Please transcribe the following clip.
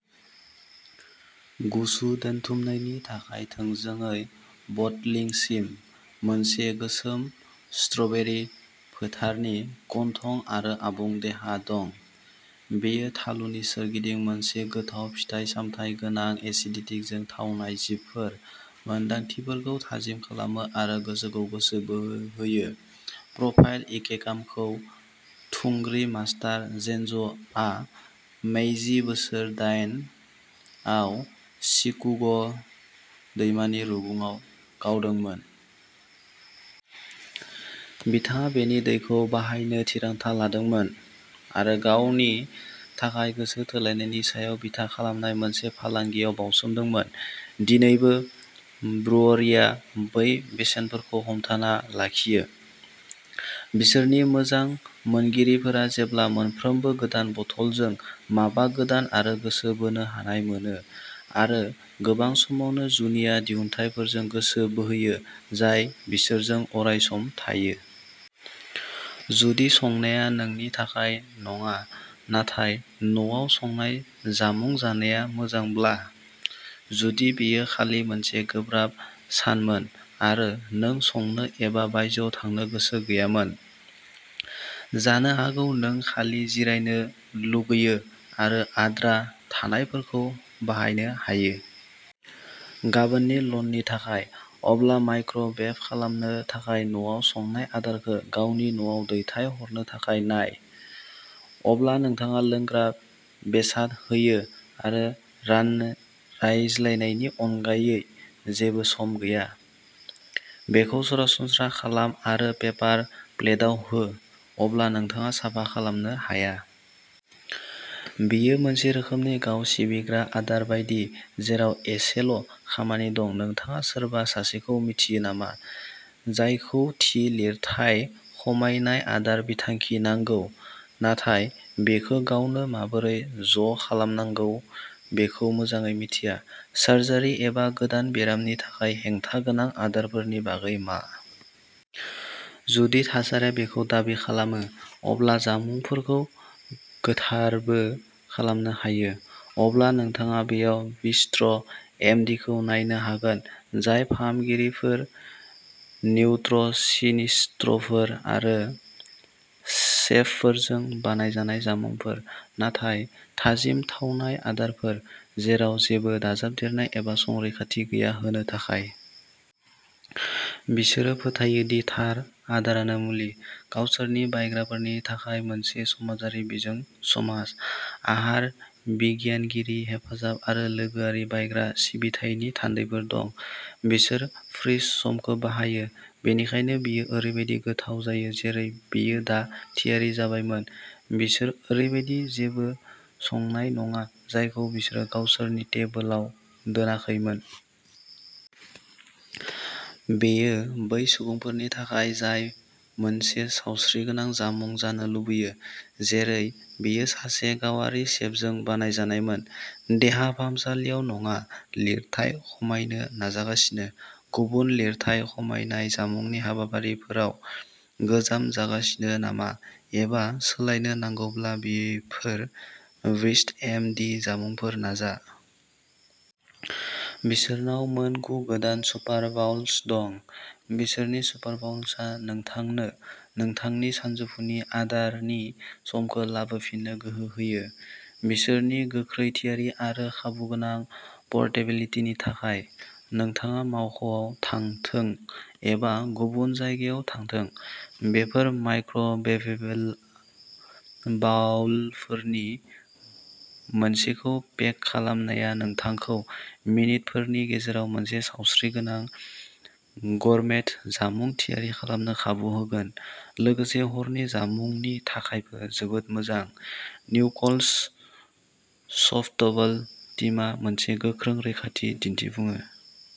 गुसु दोनथुमनायनि थाखाय थोंजोङै बटलिंसिम। मोनसे गोमोन स्ट्रबेरी फोथारनि गन्थं आरो आबुं देहा दं। बेयो थालुनि सोरगिदिं मोनसे गोथाव, फिथाइ-सामथाय गोनां एसिडिटीजों थावनाय जिपफोर, मोनदांथिफोरखौ थाजिम खालामो आरो गोसोखौ गोसो बोहोयो। प्रफाइल इकेकामखौ थुंग्रि मास्टार जेनज' आ मेइजि बोसोर दायेन आव चिकुग' दैमानि रुगुङाव गावदोंमोन। बिथाङा बेनि दैखौ बाहायनो थिरांथा लादोंमोन, आरो गावनि थाखाय गोसो थोलायनायनि सायाव बिथा खालामनाय मोनसे फालांगियाव बाउसोमदोंमोन। दिनैबो, ब्रुअरीआ बै बेसेनफोरखौ हमथाना लाखियो। बिसोरनि मोजां मोनगिरिफोरा जेब्लाबो मोनफ्रोमबो गोदान बथलजों माबा गोदान आरो गोसो बोनो हानाय मोनो, आरो गोबां समावनो जुनिया दिहुनथायफोरजों गोसो बोहोयो जाय बिसोरजों अरायसम थायो। जुदि संनाया नोंनि थाखाय नङा नाथाय न'आव संनाय जामुं जानाया मोजांब्ला? जुदि बेयो खालि मोनसे गोब्राब सानमोन आरो नों संनो एबा बायजोआव थांनो गोसो गैयामोन। जानो हागौ नों खालि जिरायनो लुगैयो आरो आद्रा थानायफोरखौ बाहायनो हायो। गाबोननि लाननि थाखाय? अब्ला माइक्र'वेभ खालामनो थाखाय न'आव संनाय आदारखौ गावनि न'आव दैथायहरनो थाखाय नाय। अब्ला नोंथाङा लोंग्रा बेसाद होयो आरो रायज्लायनायनि अनगायै जेबो सम गैया। बेखौ सरासनस्रा खालाम आरो पेपार प्लेटआव हो, अब्ला नोंथाङा साफा खालामनो हाया। बेयो मोनसे रोखोमनि गाव-सिबिग्रा आदार बायदि, जेराव एसेल' खामानि दं नोंथाङा सोरबा सासेखौ मिन्थियो नामा, जायखौ थि लिरथाय खमायनाय आदार बिथांखि नांगौ, नाथाय बेखौ गावनो माबोरै ज'खालामनांगौ बेखौ मोजाङै मिन्थिया? सार्जारि एबा गोदान बेरामनि थाखाय हेंथा गोनां आदारफोरनि बागै मा? जुदि थासारिया बेखौ दाबि खालामो, अब्ला जामुंफोरखौ गोथारबो खालामनो हायो। अब्ला नोंथाङा बेयाव बिस्ट्र' एम डि खौ नायनो हागोन, जाय फाहामगिरिफोर, निउट्रिसनिस्टफोर आरो सेफफोरजों बानायजानाय जामुंफोर, नाथाय थाजिम थावनाय आदारफोर, जेराव जेबो दाजाबदेरनाय एबा संरैखाथि गैया, होनो थाखाय। बिसोरो फोथायो दि थार आदारानो मुलि। गावसोरनि बायग्राफोरनि थाखाय मोनसे समाजारि बिजों समाज, आहार बिगियानगिरि हेफाजाब आरो लोगोआरि बायग्रा सिबिथायनि थान्दैफोर दं। बिसोर फ्रिज समखौ बाहायो, बेनिखायनो बेयो ओरैबायदि गोथाव जायो जेरै बेयो दा थियारि जाबायमोन बिसोर ओरैबायदि जेबो संनाय नङा जायखौ बिसोरो गावसोरनि टेबोलाव दोनाखैमोन। बेयो बै सुबुंफोरनि थाखाय जाय मोनसे सावस्रिगोनां जामुं जानो लुबैयो, जेरै बेयो सासे गावारि सेफजों बानायजानायमोन, देहा फाहामसालियाव नङा लिरथाय खमायनो नाजागासिनो? गुबुन लिरथाय खमायनाय जामुंनि हाबाफारिफोरा गोजाम जागासिनो नामा एबा सोलायनो नांगौब्ला बेफोर बिस्ट्र' एम डि जामुंफोरखौ नाजा। बिसोरनाव मोन गु गोदान सुपारबाउल्स दं। बिसोरनि सुपारबाउल्सआ नोंथांनो नोंथांनि सानजौफुनि आदारनि समखौ लाबोफिननो गोहो होयो, बिसोरनि गोख्रै थियारि आरो खाबुगोनां परटेबिलितिनि थाखाय। नोंथाङा मावख'आव थांथों एबा गुबुन जायगायाव थांथों, बेफोर माइक्र'वेभेबल बाउलफोरनि मोनसेखौ पेक खालामनाया नोंथांखौ मिनितफोरनि गेजेराव मोनसे सावस्रिगोनां गोरमेट जामुं थियारि खालामनो खाबु होगोन लोगोसे हरनि जामुंनि थाखायबो जोबोद मोजां निकल्स सफ्टबल टीमा मोनसे गोख्रों रैखाथि दिन्थिफुङो।